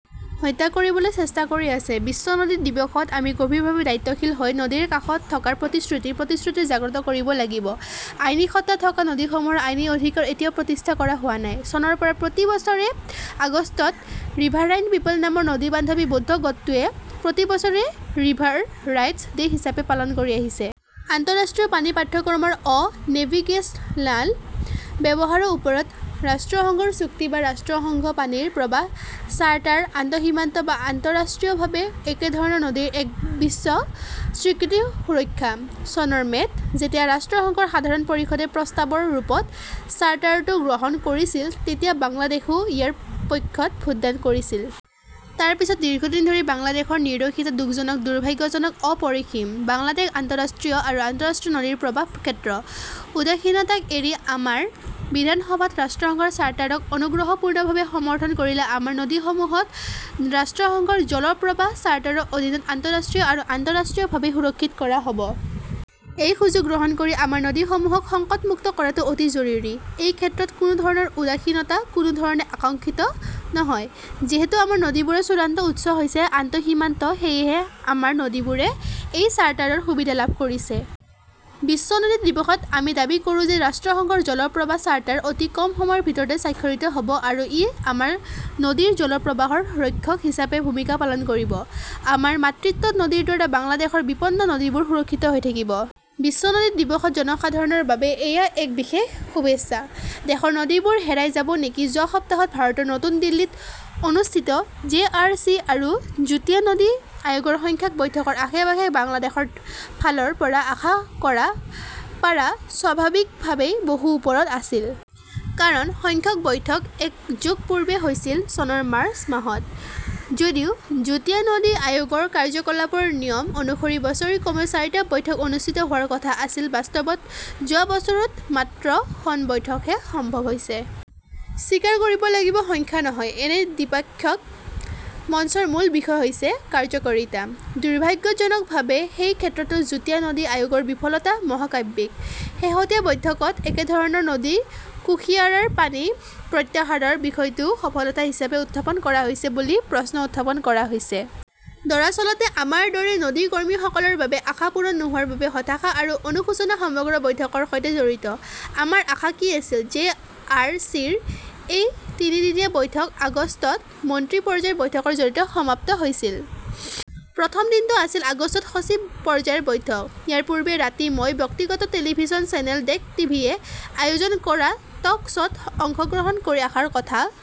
হত্যা কৰিবলৈ চেষ্টা কৰি আছে। বিশ্ব নদী দিৱসত, আমি গভীৰভাৱে দায়িত্বশীল হৈ নদীৰ কাষত থকাৰ প্ৰতিশ্ৰুতি, প্ৰতিশ্ৰুতি জাগ্ৰত কৰিব লাগিব। আইনী সত্তা থকা নদীসমূহৰ আইনী অধিকাৰ এতিয়াও প্ৰতিষ্ঠা কৰা হোৱা নাই। চনৰ পৰা প্ৰতি বছৰে আগষ্টত ৰিভাৰাইন পিপল নামৰ নদী-বান্ধৱী বৌদ্ধ গোটটোৱে প্ৰতি বছৰে ৰিভাৰ ৰাইটছ ডে হিচাপে পালন কৰি আহিছে। আন্তঃৰাষ্ট্ৰীয় পানী পাঠ্যক্ৰমৰ অ-নেভিগেচনাল ব্যৱহাৰৰ ওপৰত ৰাষ্ট্ৰসংঘৰ চুক্তি বা ৰাষ্ট্ৰসংঘৰ পানীৰ প্ৰৱাহ চাৰ্টাৰ, আন্তঃসীমান্ত বা আন্তঃৰাষ্ট্ৰীয়ভাৱে একেধৰণৰ নদীৰ এক বিশ্ব স্বীকৃত সুৰক্ষা। চনৰ মে’ত যেতিয়া ৰাষ্ট্ৰসংঘৰ সাধাৰণ পৰিষদে প্ৰস্তাৱৰ ৰূপত চাৰ্টাৰটো গ্ৰহণ কৰিছিল, তেতিয়া বাংলাদেশেও ইয়াৰ পক্ষত ভোটদান কৰিছিল। তাৰ পিছত দীৰ্ঘদিন ধৰি বাংলাদেশৰ নিৰ্দোষিতা দুখজনক, দুৰ্ভাগ্যজনক, অপৰিসীম। বাংলাদেশ আন্তঃৰাষ্ট্ৰীয় আৰু আন্তঃৰাষ্ট্ৰীয় নদীৰ প্ৰৱাহ ক্ষেত্ৰ। উদাসীনতাক এৰি আমাৰ বিধান সভাত ৰাষ্ট্ৰসংঘৰ চাৰ্টাৰক অনুগ্ৰহপূৰ্ণভাৱে সমৰ্থন কৰিলে আমাৰ নদীসমূহক ৰাষ্ট্ৰসংঘৰ জল প্ৰবাহ চাৰ্টাৰৰ অধীনত আন্তঃৰাষ্ট্ৰীয় আৰু আন্তঃৰাষ্ট্ৰীয়ভাৱে সুৰক্ষিত কৰা হ 'ব। এই সুযোগ গ্ৰহণ কৰি আমাৰ নদীসমূহক সংকটমুক্ত কৰাটো অতি জৰুৰী। এই ক্ষেত্ৰত কোনো ধৰণৰ উদাসীনতা কোনো ধৰণে আকাংক্ষিত নহয়। যিহেতু আমাৰ নদীবোৰৰ চূড়ান্ত উৎস হৈছে আন্তঃসীমান্ত, সেয়েহে আমাৰ নদীবোৰে এই চাৰ্টাৰৰ সুবিধা লাভ কৰিছে। বিশ্ব নদী দিৱসত আমি দাবী কৰোঁ যে 'ৰাষ্ট্ৰসংঘৰ জল প্ৰবাহ চাৰ্টাৰ ' অতি কম সময়ৰ ভিতৰতে স্বাক্ষৰিত হ 'ব আৰু ই আমাৰ নদীৰ জল প্ৰবাহৰ ৰক্ষক হিচাপে ভূমিকা পালন কৰিব। আমাৰ মাতৃত্ব নদীৰ দ্বাৰা বাংলাদেশৰ বিপন্ন নদীবোৰ সুৰক্ষিত হৈ থাকিব। বিশ্ব নদী দিৱসত জনসাধাৰণৰ বাবে এয়া এক বিশেষ শুভেচ্ছা। দেশৰ নদীবোৰ হেৰাই যাব নেকি যোৱা সপ্তাহত ভাৰতৰ নতুন দিল্লীত অনুষ্ঠিত জে. আৰ. চি. আৰু যুটীয়া নদী আয়োগৰ সংখ্যক বৈঠকৰ আশে-পাশে বাংলাদেশৰ ফালৰ পৰা আশা কৰা পাৰা স্বাভাৱিকভাৱেই বহু ওপৰত আছিল। কাৰণ, সংখ্যক বৈঠক এক যুগ পূৰ্বে হৈছিল- চনৰ মাৰ্চ মাহত। যদিও যুটীয়া নদী আয়োগৰ কাৰ্য্যকলাপৰ নিয়ম অনুসৰি বছৰি কমেও চাৰিটা বৈঠক অনুষ্ঠিত হোৱাৰ কথা আছিল, বাস্তৱত যোৱা বছৰত মাত্ৰ খন বৈঠকহে সম্ভৱ হৈছে। স্বীকাৰ কৰিব লাগিব-সংখ্যা নহয়, এনে দ্বিপাক্ষিক মঞ্চৰ মূল বিষয় হৈছে কাৰ্য্যকৰীতা। দুৰ্ভাগ্যজনকভাৱে, সেই ক্ষেত্ৰতো যুটীয়া নদী আয়োগৰ বিফলতা মহাকাব্যিক। শেহতীয়া বৈঠকত একেধৰণৰ নদী কুশিয়াৰাৰ পানী প্ৰত্যাহাৰৰ বিষয়টোও সফলতা হিচাপে উত্থাপন কৰা হৈছে বুলি প্ৰশ্ন উত্থাপন কৰা হৈছে। দৰাচলতে, আমাৰ দৰে নদী কৰ্মীসকলৰ বাবে, আশা পূৰণ নোহোৱাৰ বাবে হতাশা আৰু অনুশোচনা সমগ্ৰ বৈঠকৰ সৈতে জড়িত। আমাৰ আশা কি আছিল জে. আৰ. চি. ৰ এই তিনিদিনীয়া বৈঠক আগষ্টত মন্ত্ৰী পৰ্যায়ৰ বৈঠকৰ জৰিয়তে সমাপ্ত হৈছিল। প্ৰথম দিনটো আছিল আগষ্টত সচিব পৰ্যায়ৰ বৈঠক। ইয়াৰ পূৰ্বে ৰাতি, মই ব্যক্তিগত টেলিভিছন চেনেল দেশ টিভিয়ে আয়োজন কৰা টক শ্ব "ত অংশগ্ৰহণ কৰি আশাৰ কথা